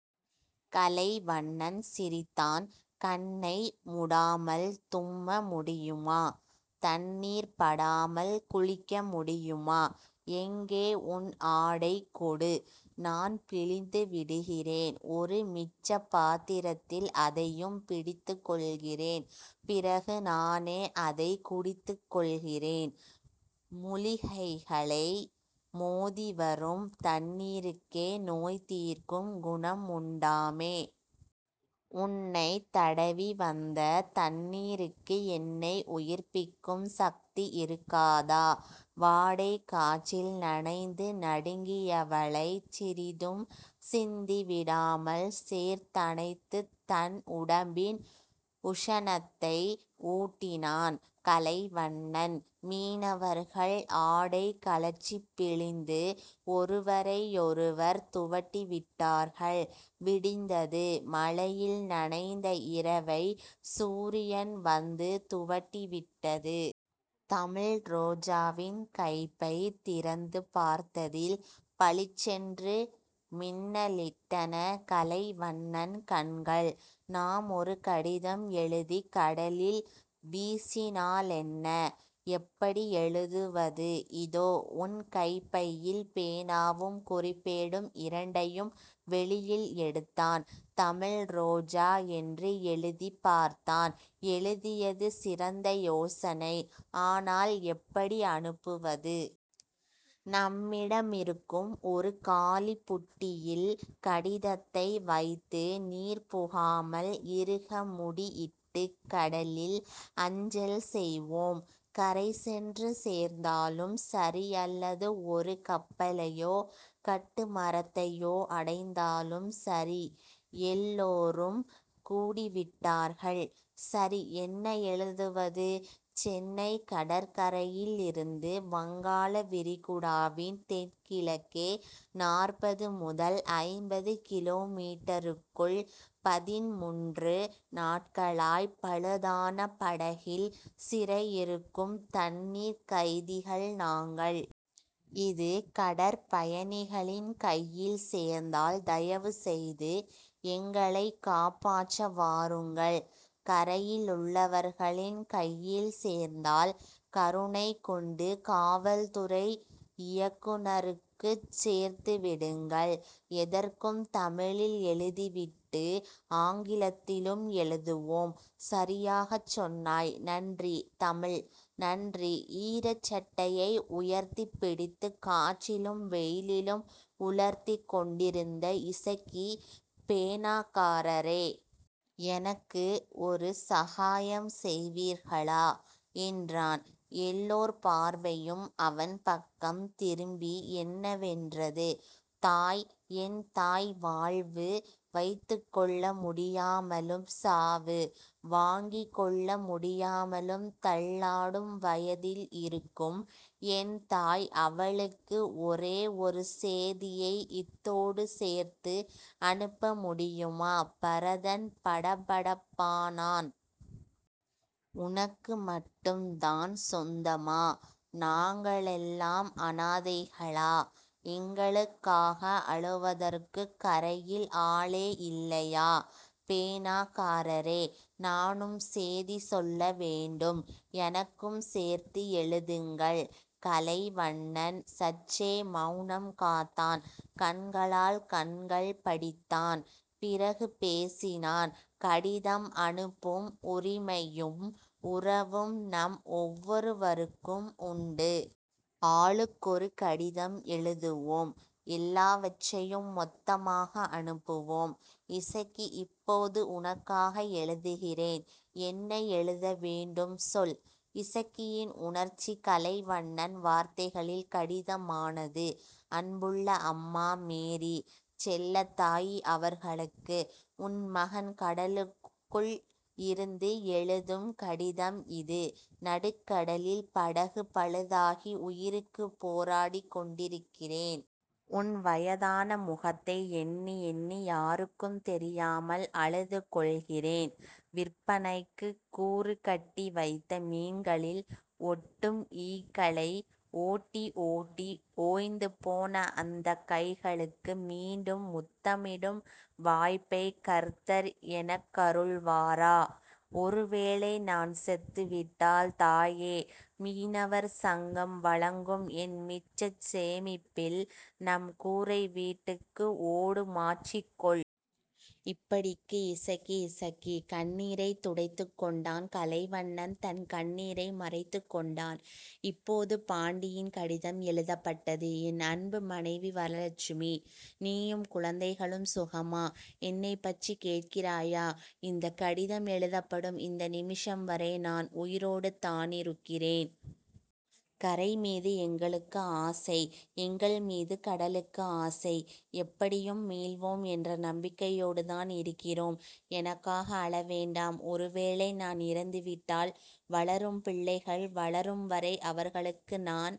கலைவண்ணன் சிரித்தான். கண்ணை முடாமல் தும்ம முடியுமா? தண்ணீர் படாமல் குளிக்க முடியுமா? எங்கே உன் ஆடை கொடு. நான் பிழிந்து விடுகிறேன். ஒரு மிச்சப் பாத்திரத்தில் அதையும் பிடித்துக் கொள்கிறேன். பிறகு, நானே அதைக் குடித்துக் கொள்கிறேன். முலிகைகளை மோதிவரும் தண்ணீருக்கே நோய்தீர்க்கும் குணமுண்டாமே. உன்னைத் தடவி வந்த தண்ணீருக்கு என்னை உயிர்ப்பிக்கும் சக்தி இருக்காதா? வாடைக் காற்றில் நனைந்து நடுங்கியவளைச் சிறிதும் சிந்திவிடாமல் சேர்த்தணைத்துத் தன் உடம்பின் உஷணத்தை ஊட்டினான் கலைவண்ணன். மீனவர்கள் ஆடை கழற்றிப் பிழிந்து ஒருவரையொருவர் துவட்டிவிட்டார்கள். விடிந்தது. மழையில் நனைந்த இரவை சூரியன் வந்து துவட்டி விட்டது. தமிழ்ரோஜாவின் கைப்பை திறந்துபார்த்ததில் பளிச்சென்று மின்னலிட்டன கலைவண்ணன் கண்கள். நாம் ஒரு கடிதம் எழுதிக் கடலில் வீசினாலென்ன? எப்படி எழுதுவது? இதோ உன் கைப்பையில் பேனாவும் குறிப்பேடும்... இரண்டையும் வெளியில் எடுத்தான். தமிழ்ரோஜா என்று எழுதிப் பார்த்தான். எழுதியது. சிறந்த யோசனை. ஆனால், எப்படி அனுப்புவது? நம்மிடமிருக்கும் ஒரு காலிப்புட்டியில்... கடிதத்தை வைத்து நீர்புகாமல் இறுக முடியிட்டுக் கடலில் அஞ்சல் செய்வோம். கரைசென்று சேர்ந்தாலும் சரி அல்லது ஒரு கப்பலையோ கட்டுமரத்தையோ அடைந்தாலும் சரி எல்லோரும் கூடிவிட்டார்கள். சரி... என்ன எழுதுவது? சென்னைக் கடற்கரையிலிருந்து வங்காளவிரிகுடாவின் தென்கிழக்கே நாற்பது முதல் ஐம்பது கிலோ மீட்டருக்குள் பதின்முன்று நாட்களாய்ப் பழுதான படகில் சிறையிருக்கும் தண்ணீர்க் கைதிகள் நாங்கள். இது கடற்பயணிகளின் கையில் சேர்ந்தால் தயவுசெய்து எங்களைக் காப்பாற்ற வாருங்கள். கரையிலுள்ளவர்களின் கையில் சேர்ந்தால் கருணைகொண்டு காவல்துறை இயக்குநருக்குச் சேர்த்துவிடுங்கள். எதற்கும் தமிழில் எழுதிவிட்டு ஆங்கிலத்திலும் எழுதுவோம். சரியாகச் சொன்னாய்... நன்றி தமிழ். நன்றி. ஈரச்சட்டையை உயர்த்திப் பிடித்துக் காற்றிலும் வெயிலிலும் உலர்த்திக் கொண்டிருந்த இசக்கி, பேனாக்காரரே. எனக்கு ஒரு சகாயம் செய்வீர்களா? என்றான். எல்லோர் பார்வையும் அவன்பக்கம் திரும்பி என்னவென்றது. தாய் என் தாய் வாழ்வு, வைத்துக்கொள்ள முடியாமலும் சாவு, வாங்கிக் கொள்ள முடியாமலும் தள்ளாடும் வயதில் இருக்கும் என் தாய் அவளுக்கு ஒரே ஒரு சேதியை இத்தோடு சேர்த்து அனுப்பமுடியுமா? பரதன் படபடப்பானான். உனக்கு மட்டும்தான் சொந்தமா? நாங்களெல்லாம் அநாதைகளா? எங்களுக்காக அழுவதற்குக் கரையில் ஆளே இல்லையா? பேனாக்காரரே. நானும் சேதி சொல்ல வேண்டும். எனக்கும் சேர்த்து எழுதுங்கள். கலைவண்ணன் சற்றே மெளனம் காத்தான். கண்களால் கண்கள் படித்தான். பிறகு பேசினான். கடிதம் அனுப்பும் உரிமையும் உறவும் நம் ஒவ்வொருவருக்கும் உண்டு. ஆளுக்கொரு கடிதம் எழுதுவோம். எல்லாவற்றையும் மொத்தமாக அனுப்புவோம். இசக்கி இப்போது உனக்காக எழுதுகிறேன். என்ன எழுத வேண்டும் சொல். இசக்கியின் உணர்ச்சி கலைவண்ணன் வார்த்தைகளில் கடிதமானது. அன்புள்ள அம்மா மேரி செல்லத்தாயி அவர்களுக்கு. உன் மகன் கடலுக்குள் இருந்து எழுதும் கடிதம் இது. நடுக்கடலில் படகு பழுதாகி உயிருக்குப் போராடிக் கொண்டிருக்கிறேன். உன் வயதான முகத்தை எண்ணி எண்ணி யாருக்கும் தெரியாமல் அழுது கொள்கிறேன். விற்பனைக்குக் கூறுகட்டி வைத்த மீன்களில் ஒட்டும் ஈக்களை ஓட்டி ஓட்டி ஓய்ந்துபோன அந்தக் கைகளுக்கு மீண்டும் முத்தமிடும் வாய்ப்பைக் கர்த்தர் எனக்கருள்வாரா? ஒருவேளை, நான் செத்துவிட்டால், தாயே... மீனவர் சங்கம் வழங்கும் என் மிச்சச் சேமிப்பில் நம் கூரைவீட்டுக்கு ஓடு மாற்றிக் கொள். இப்படிக்கு, இசக்கி இசக்கி கண்ணீரைத் துடைத்துக் கொண்டான். கலைவண்ணன் தன் கண்ணீரை மறைத்துக் கொண்டான். இப்போது பாண்டியின் கடிதம் எழுதப்பட்டது. என் அன்பு மனைவி வரலட்சுமி. நீயும் குழந்தைகளும் சுகமா? என்னைப் பற்றிக் கேட்கிறாயா? இந்தக் கடிதம் எழுதப்படும் இந்த நிமிஷம் வரை நான் உயிரோடுதானிருக்கிறேன். கரைமீது எங்களுக்கு ஆசை. எங்கள்மீது கடலுக்கு ஆசை. எப்படியும் மீள்வோம் என்ற நம்பிக்கையோடுதான் இருக்கிறோம். எனக்காக அழ வேண்டாம். ஒருவேளை, நான் இறந்துவிட்டால் வளரும் பிள்ளைகள் வளரும் வரை அவர்களுக்கு நான்